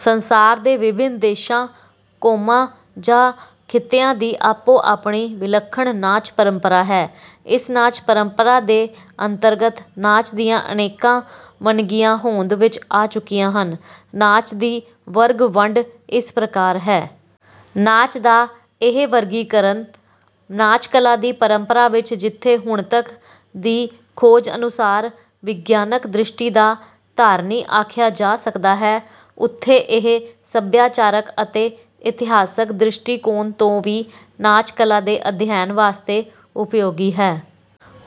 ਸੰਸਾਰ ਦੇ ਵਿਭਿੰਨ ਦੇਸ਼ਾਂ, ਕੌਮਾਂ ਜਾਂ ਖਿੱਤਿਆਂ ਦੀ ਆਪੋ-ਆਪਣੀ ਵਿਲੱਖਣ ਨਾਚ ਪਰੰਪਰਾ ਹੈ। ਇਸ ਨਾਚ ਪਰੰਪਰਾ ਦੇ ਅੰਤਰਗਤ ਨਾਚ ਦੀਆਂ ਅਨੇਕਾਂ ਵੰਨਗੀਆਂ ਹੋਂਦ ਵਿੱਚ ਆ ਚੁੱਕੀਆਂ ਹਨ। ਨਾਚ ਦੀ ਵਰਗ-ਵੰਡ ਇਸ ਪ੍ਰਕਾਰ ਹੈ। ਨਾਚ ਦਾ ਇਹ ਵਰਗੀਕਰਨ ਨਾਚ ਕਲਾ ਦੀ ਪਰੰਪਰਾ ਵਿੱਚ ਜਿੱਥੇ ਹੁਣ ਤੱਕ ਦੀ ਖੋਜ ਅਨੁਸਾਰ ਵਿਗਿਆਨਕ ਦ੍ਰਿਸ਼ਟੀ ਦਾ ਧਾਰਨੀ ਆਖਿਆ ਜਾ ਸਕਦਾ ਹੈ, ਉੱਥੇ ਇਹ ਸਭਿਆਚਾਰਕ ਅਤੇ ਇਤਿਹਾਸਕ ਦ੍ਰਿਸ਼ਟੀਕੋਣ ਤੋਂ ਵੀ ਨਾਚ ਕਲਾ ਦੇ ਅਧਿਐਨ ਵਾਸਤੇ ਉਪਯੋਗੀ ਹੈ।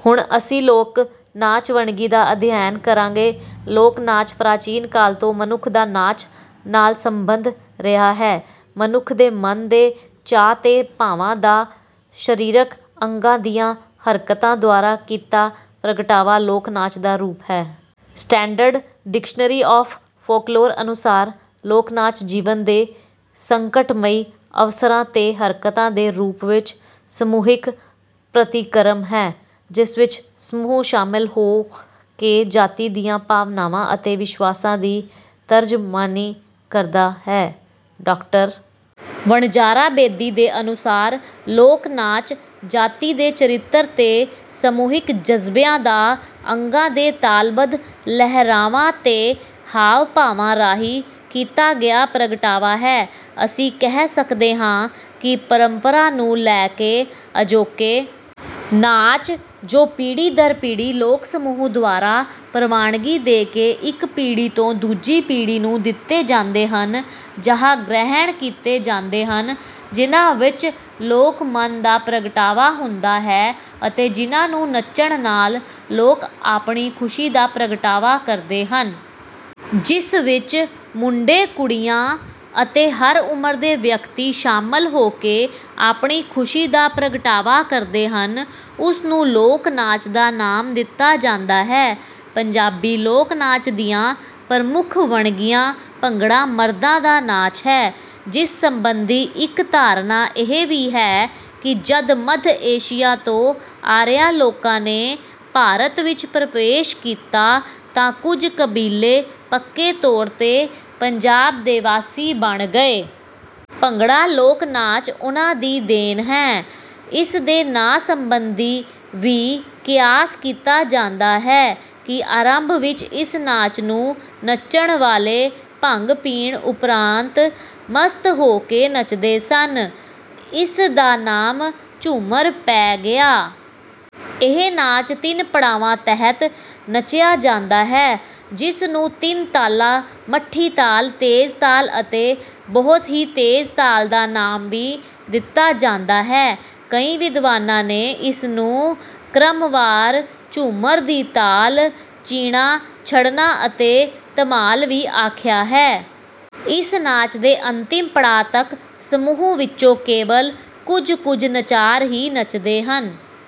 ਹੁਣ ਅਸੀਂ ਲੋਕ ਨਾਚ ਵੰਨਗੀ ਦਾ ਅਧਿਐਨ ਕਰਾਂਗੇ ਲੋਕ ਨਾਚ ਪ੍ਰਾਚੀਨ ਕਾਲ ਤੋਂ ਮਨੁੱਖ ਦਾ ਨਾਚ ਨਾਲ ਸੰਬੰਧ ਰਿਹਾ ਹੈ। ਮਨੁੱਖ ਦੇ ਮਨ ਦੇ ਚਾਅ ਤੇ ਭਾਵਾਂ ਦਾ ਸਰੀਰਕ ਅੰਗਾਂ ਦੀਆਂ ਹਰਕਤਾਂ ਦੁਆਰਾ ਕੀਤਾ ਪ੍ਰਗਟਾਵਾ ਲੋਕ ਨਾਚ ਦਾ ਰੂਪ ਹੈ। ਸਟੈਂਡਰਡ ਡਿਕਸ਼ਨਰੀ ਆਫ਼ ਫੋਕਲੋਰ ਅਨੁਸਾਰ, “ਲੋਕ ਨਾਚ ਜੀਵਨ ਦੇ ਸੰਕਟਮਈ ਅਵਸਰਾਂ ’ਤੇ ਹਰਕਤਾਂ ਦੇ ਰੂਪ ਵਿੱਚ ਸਮੂਹਿਕ ਪ੍ਰਤੀਕਰਮ ਹੈ, ਜਿਸ ਵਿੱਚ ਸਮੂਹ ਸ਼ਾਮਲ ਹੋ ਕੇ ਜਾਤੀ ਦੀਆਂ ਭਾਵਨਾਵਾਂ ਅਤੇ ਵਿਸ਼ਵਾਸਾਂ ਦੀ ਤਰਜਮਾਨੀ ਕਰਦਾ ਹੈ।”ਡਾ. ਵਣਜਾਰਾ ਬੇਦੀ ਦੇ ਅਨੁਸਾਰ, “ਲੋਕ ਨਾਚ ਜਾਤੀ ਦੇ ਚਰਿੱਤਰ ਤੇ ਸਮੂਹਿਕ ਜਜ਼ਬਿਆਂ ਦਾ ਅੰਗਾਂ ਦੇ ਤਾਲਬੱਧ ਲਹਿਰਾਵਾਂ ਤੇ ਹਾਵ-ਭਾਵਾਂ ਰਾਹੀਂ ਕੀਤਾ ਗਿਆ ਪ੍ਰਗਟਾਵਾ ਹੈ।”ਅਸੀਂ ਕਹਿ ਸਕਦੇ ਹਾਂ ਕਿ ਪਰੰਪਰਾ ਨੂੰ ਲੈ ਕੇ ਅਜੋਕੇ ਨਾਚ, ਜੋ ਪੀੜ੍ਹੀ ਦਰ ਪੀੜ੍ਹੀ ਲੋਕ-ਸਮੂਹ ਦੁਆਰਾ ਪ੍ਰਵਾਨਗੀ ਦੇ ਕੇ ਇੱਕ ਪੀੜ੍ਹੀ ਤੋਂ ਦੂਜੀ ਪੀੜ੍ਹੀ ਨੂੰ ਦਿੱਤੇ ਜਾਂਦੇ ਹਨ ਜਾਂ ਗ੍ਰਹਿਣ ਕੀਤੇ ਜਾਂਦੇ ਹਨ, ਜਿਨ੍ਹਾਂ ਵਿੱਚ ਲੋਕ-ਮਨ ਦਾ ਪ੍ਰਗਟਾਵਾ ਹੁੰਦਾ ਹੈ ਅਤੇ ਜਿਨ੍ਹਾਂ ਨੂੰ ਨੱਚਣ ਨਾਲ ਲੋਕ ਆਪਣੀ ਖੁਸ਼ੀ ਦਾ ਪ੍ਰਗਟਾਵਾ ਕਰਦੇ ਹਨ। ਜਿਸ ਵਿੱਚ ਮੁੰਡੇ, ਕੁੜੀਆਂ ਅਤੇ ਹਰ ਉਮਰ ਦੇ ਵਿਅਕਤੀ ਸ਼ਾਮਲ ਹੋ ਕੇ ਆਪਣੀ ਖੁਸ਼ੀ ਦਾ ਪ੍ਰਗਟਾਵਾ ਕਰਦੇ ਹਨ, ਉਸ ਨੂੰ ਲੋਕ ਨਾਚ ਦਾ ਨਾਮ ਦਿੱਤਾ ਜਾਂਦਾ ਹੈ। ਪੰਜਾਬੀ ਲੋਕ ਨਾਚ ਦੀਆਂ ਪ੍ਰਮੁੱਖ ਵੰਨਗੀਆਂ ਭੰਗੜਾ ਮਰਦਾਂ ਦਾ ਨਾਚ ਹੈ, ਜਿਸ ਸੰਬੰਧੀ ਇੱਕ ਧਾਰਨਾ ਇਹ ਵੀ ਹੈ ਕਿ ਜਦ ਮੱਧ ਏਸ਼ੀਆ ਤੋਂ ਆਰੀਆ ਲੋਕਾਂ ਨੇ ਭਾਰਤ ਵਿੱਚ ਪ੍ਰਵੇਸ਼ ਕੀਤਾ ਤਾਂ ਕੁਝ ਕਬੀਲੇ ਪੱਕੇ ਤੌਰ ’ਤੇ ਪੰਜਾਬ ਦੇ ਵਾਸੀ ਬਣ ਗਏ। ‘ਭੰਗੜਾ’ ਲੋਕ ਨਾਚ ਉਨ੍ਹਾਂ ਦੀ ਦੇਣ ਹੈ। ਇਸ ਦੇ ਨਾਂ ਸੰਬੰਧੀ ਵੀ ਕਿਆਸ ਕੀਤਾ ਜਾਂਦਾ ਹੈ ਕਿ ਆਰੰਭ ਵਿੱਚ ਇਸ ਨਾਚ ਨੂੰ ਨੱਚਣ ਵਾਲੇ ਭੰਗ ਪੀਣ ਉਪਰੰਤ ਮਸਤ ਹੋ ਕੇ ਨੱਚਦੇ ਸਨ। ਇਸ ਦਾ ਨਾਮ ਝੂੰਮਰ ਪੈ ਗਿਆ। ਇਹ ਨਾਚ ਤਿੰਨ ਪੜਾਵਾਂ ਤਹਿਤ ਨੱਚਿਆ ਜਾਂਦਾ ਹੈ, ਜਿਸ ਨੂੰ ਤਿੰਨ ਤਾਲਾਂ—ਮੱਠੀ ਤਾਲ, ਤੇਜ਼ ਤਾਲ ਅਤੇ ਬਹੁਤ ਹੀ ਤੇਜ਼ ਤਾਲ—ਦਾ ਨਾਮ ਵੀ ਦਿੱਤਾ ਜਾਂਦਾ ਹੈ। ਕਈ ਵਿਦਵਾਨਾਂ ਨੇ ਇਸ ਨੂੰ ਕ੍ਰਮਵਾਰ ਝੂੰਮਰ ਦੀ ਤਾਲ, ਚੀਣਾ ਛੜਨਾ ਅਤੇ ਧਮਾਲ ਵੀ ਆਖਿਆ ਹੈ। ਇਸ ਨਾਚ ਦੇ ਅੰਤਿਮ ਪੜਾਅ ਤੱਕ ਸਮੂਹ ਵਿੱਚੋਂ ਕੇਵਲ ਕੁਝ-ਕੁਝ ਨਚਾਰ ਹੀ ਨੱਚਦੇ ਹਨ।